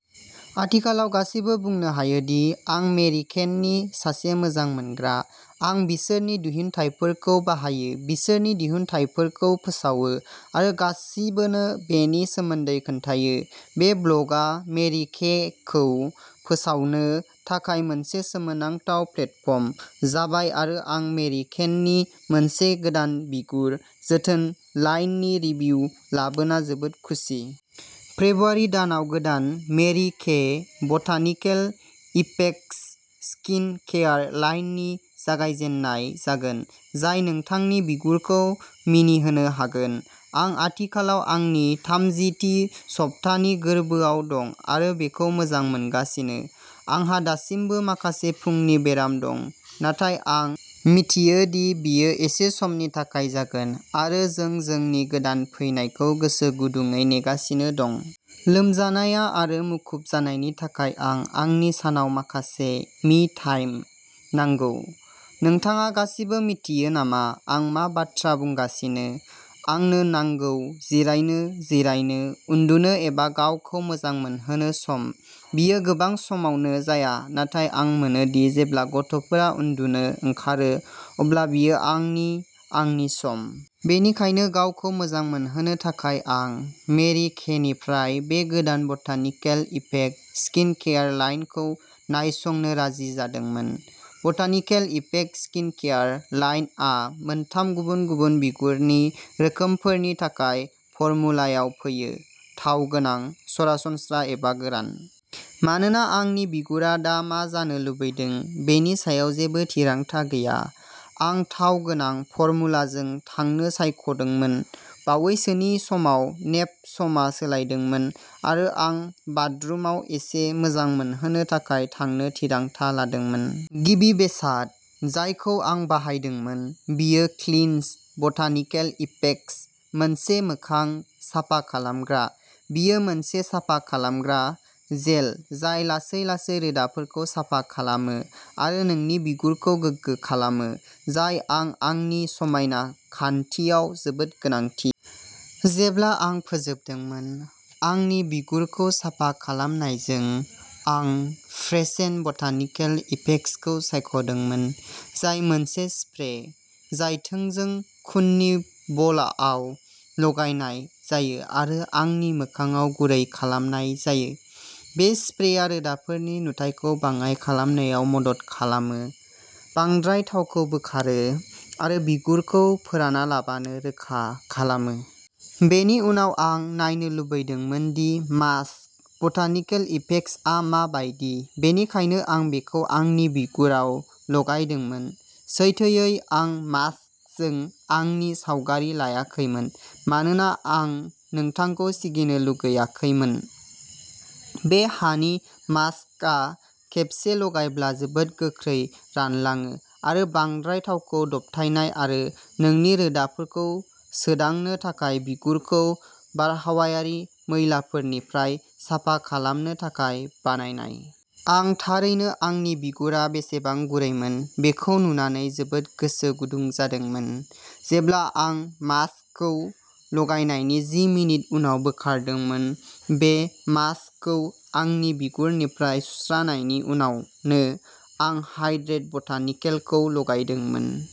आथिखालाव गासैबो बुंनो हायोदि, आं मेरि केनि सासे मोजां मोनग्रा। आं बिसोरनि दिहुनथायफोरखौ बाहायो, बिसोरनि दिहुनथायफोरखौ फोसावो आरो गासिबोनो बेनि सोमोन्दै खोन्थायो! बे ब्ल'गआ मेरि केखौ फोसावनो थाखाय मोनसे सोमोनांथाव प्लेटफर्म जाबाय आरो आं मेरि केनि मोनसे गोदान बिगुर जोथोन लाइननि रिभिउ लाबोना जोबोद खुसि! फेब्रुआरि दानाव गोदान Mary Kay botanical effects skin care लाइननि जागायजेननाय जागोन, जाय नोंथांनि बिगुरखौ मिनिहोनो हागोन आं आथिखालाव आंनि थामजि थि सब्थानि गोर्बोआव दं आरो बेखौ मोजां मोनगासिनो आंहा दासिमबो माखासे फुंनि बेराम दं, नाथाय आं मिथियो दि बेयो एसे समनि थाखाय जागोन आरो जों जोंनि गोदान फैनायखौ गोसो गुदुंयै नेगासिनो दं। लोमजानाया आरो मुखुब जानायनि थाखाय आं आंनि सानाव माखासे मि टाइम नांगौ। नोंथाङा गासिबो मिथियो नामा आं मा बाथ्रा बुंगासिनो? आंनो नांगौ। जिरायनो, जिरायनो, उन्दुनो एबा गावखौ मोजां मोनहोनो सम। बेयो गोबां समावनो जाया नाथाय आं मोनो दि जेब्ला गथ'फोरा उन्दुनो ओंखारो, अब्ला बेयो आंनि आंनि सम। बेनिखायनो, गावखौ मोजां मोनहोनो थाखाय आं मेरि केनिफ्राय बे गोदान बटानिकेल इफेक्ट स्किन केयार लाइनखौ नायसंनो राजि जादोंमोन। बटानिकेल इफेक्ट स्किन केयार लाइनआ मोनथाम गुबुन-गुबुन बिगुरनि रोखोमफोरनि थाखाय फर्मुलायाव फैयो थाव गोनां, सरासनस्रा एबा गोरान। मानोना आंनि बिगुरा दा मा जानो लुबैदों बेनि सायाव जेबो थिरांथा गैया, आं थाव गोनां फर्मुलाजों थांनो सायख'दोंमोन। बावैसोनि समाव नेप समआ सोलायदोंमोन आरो आं बाथरुमाव एसे मोजां मोनहोनो थाखाय थांनो थिरांथा लादोंमोन। गिबि बेसाद जायखौ आं बाहायदोंमोन बेयो क्लिनस बटानिकेल इफेक्टस, मोनसे मोखां साफा खालामग्रा। बेयो मोनसे साफा खालामग्रा जेल जाय लासै-लासै रोदाफोरखौ साफा खालामो आरो नोंनि बिगुरखौ गोगो खालामो जाय आं आंनि समायना खान्थियाव जोबोद गोनांथि। जेब्ला आं फोजोबदोंमोन। आंनि बिगुरखौ साफा खालामनायजों, आं फ्रेशेन बटानिकेल इफेक्ट्सखौ सायख'दोंमोन, जाय मोनसे स्प्रे जाय थोंजों खुननि बलआव लागायनाय जायो आरो आंनि मोखांआव गुरै खालामनाय जायो। बे स्प्रेया रोदाफोरनि नुथायखौ बाङाइ खालामनायाव मदद खालामो, बांद्राय थावखौ बोखारो आरो बिगुरखौ फोरानालाबानो रोखा खालामो। बेनि उनाव, आं नायनो लुबैदोंमोन दि मास्क बटानिकेल इफेक्ट्सआ मा बायदि, बेनिखायनो आं बेखौ आंनि बिगुराव लागायदोंमोन। सैथोयै, आं मास्कजों आंनि सावगारि लायाखैमोन, मानोना आं नोंथांखौ सिगिनो लुगैयाखैमोन बे हानि मास्कआ खेबसे लागायब्ला जोबोद गोख्रै रानलाङो आरो बांद्राय थावखौ दबथायनाय आरो नोंनि रोदाफोरखौ सोदांनो थाखाय बिगुरखौ बारहावायारि मैलाफोरनिफ्राय साफा खालामनो थाखाय बानायनाय। आं थारैनो आंनि बिगुरा बेसेबां गुरैमोन बेखौ नुनानै जोबोद गोसो गुदुं जादोंमोन जेब्ला आं मास्कखौ लागायनायनि जि मिनिट उनाव बोखारदोंमोन बे मास्कखौ आंनि बिगुरनिफ्राय सुस्रानायनि उनावनो, आं हाइड्रेट बटानिकेलखौ लागायदोंमोन।